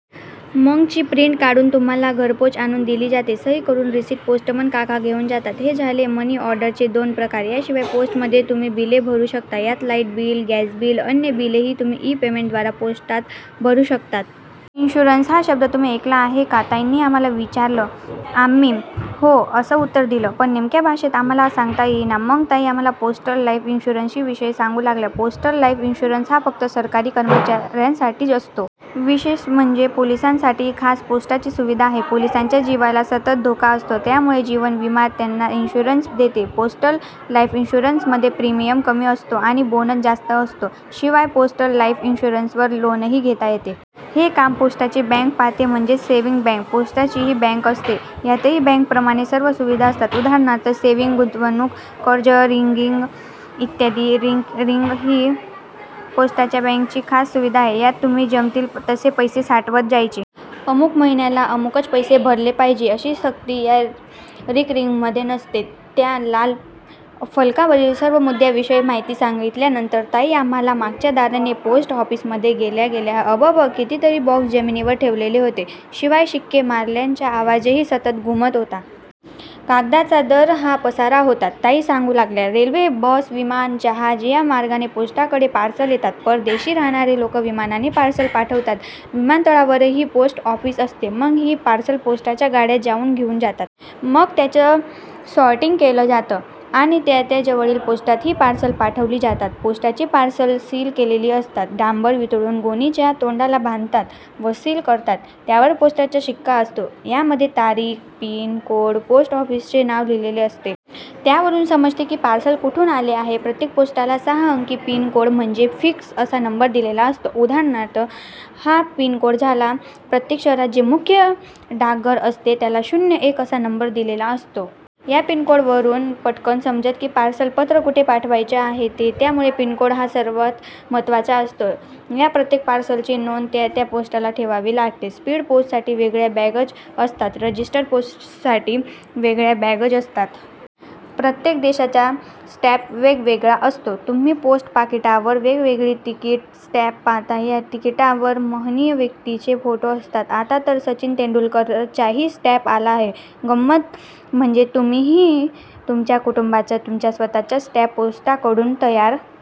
मग ची प्रिंट काढून तुम्हाला घरपोच आणून दिली जाते. सही करून रिसिट पोस्टमन काका घेऊन जातात. हे झाले मनी ऑर्डरचे दोन प्रकार. याशिवाय पोस्टमध्ये तुम्ही बिले भरू शकता. यात लाईट बिल, गॅस बिल, अन्य बिलेही तुम्ही ई-पेमेंटद्वारा पोस्टात भरू शकता." "इन्शुरन्स हा शब्द तुम्ही ऐकला आहे का?" ताईंनी आम्हांला विचारलं. आम्ही 'हो' असं उत्तर दिलं, पण नेमक्या भाषेत आम्हांला सांगता येईना. मग ताई आम्हांला पोस्टल लाईफ इन्शुरन्सविषयी सांगू लागल्या- "पोस्टल लाईफ इन्शुरन्स हा फक्त सरकारी कर्मचाऱ्यांसाठीच असतो. विशेष म्हणजे पोलिसांसाठीही खास पोस्टाची सुविधा आहे. पोलिसांच्या जीवाला सतत धोका असतो त्यामुळे जीवन विमा त्यांना इन्शुरन्स देते. पोस्टल लाईफ इन्शुरन्समध्ये प्रीमियम कमी असतो आणि बोनस जास्त असतो. शिवाय पोस्टल लाईफ इन्शुरन्सवर लोनही घेता येते. हे काम पोस्टाची बँक पाहते म्हणजेच सेव्हिंग बँक. पोस्टाचीही बँक असते. यातही बँकेप्रमाणे सर्व सुविधा असतात. उदाहरणार्थ सेव्हिंग, गुंतवणूक, कर्ज, रिकरिंग इत्यादी. रिकरिंग ही पोस्टाच्या बँकेची खास सुविधा आहे. यात तुम्ही जमतील तसे पैसे साठवत जायचे. अमुक महिन्याला अमुकच पैसे भरले पाहिजे अशी सक्ती या रिकरिंगमध्ये नसते." त्या लाल फलकावरील सर्व मुद्द्यांविषयी माहिती सांगितल्यानंतर ताई आम्हांला मागच्या दाराने पोस्ट ऑफिसमध्ये घेऊन गेल्या. अबब! कितीतरी बॉक्स जमिनीवर ठेवलेले होते. शिवाय शिक्के मारल्याचा आवाजही सतत घुमत होता. कागदांचा तर हा पसारा होता! ताई सांगू लागल्या, "रेल्वे, बस, विमान, जहाज या मार्गाने पोस्टाकडे पार्सल येतात. परदेशी राहणारे लोक विमानाने पार्सल पाठवतात. विमानतळावरही पोस्ट ऑफिस असते. मग ही पार्सल पोस्टाच्या गाड्या जाऊन घेऊन येतात. मग त्याचं सॉर्टिंग केलं जातं आणि त्या त्या जवळील पोस्टात ही पार्सल पाठवली जातात. पोस्टाची पार्सल्स सील केलेली असतात. डांबर वितळून गोणीच्या तोंडाला बांधतात व सील करतात. त्यावर पोस्टाचा शिक्का असतो. यामध्ये तारीख, पिन कोड, पोस्ट ऑफिसचे नाव लिहिलेले असते. त्यावरून समजते की पार्सल कुठून आले आहे. प्रत्येक पोस्टाला सहा अंकी पिन कोड म्हणजे फिक्स असा नंबर दिलेला असतो. उदा. हा पिन कोड झाला. प्रत्येक शहरात जे मुख्य डाकघर असते, त्याला शून्य एक असा नंबर दिलेला असतो. या पिनकोडवरून पटकन समजतं की पार्सल, पत्र कुठे पाठवायचं आहे ते. त्यामुळे पिनकोड हा सर्वात महत्त्वाचा असतो. या प्रत्येक पार्सलची नोंद त्या त्या पोस्टाला ठेवावी लागते. स्पीड पोस्टसाठी वेगळ्या बॅग्ज असतात, रजिस्टर पोस्टसाठी वेगळ्या बॅग्ज असतात. प्रत्येक देशाचा स्टँप वेगवेगळा असतो. तुम्ही पोस्ट पाकिटावर वेगवेगळी तिकीटं, स्टँप पाहता. ह्या तिकिटावर महनीय व्यक्तींचे फोटो असतात. आता तर सचिन तेंडुलकरचाही स्टँप आला आहे. गंमत म्हणजे तुम्हीही तुमच्या कुटुंबाचा, तुमचा स्वतःचा स्टँप पोस्टाकडून तयार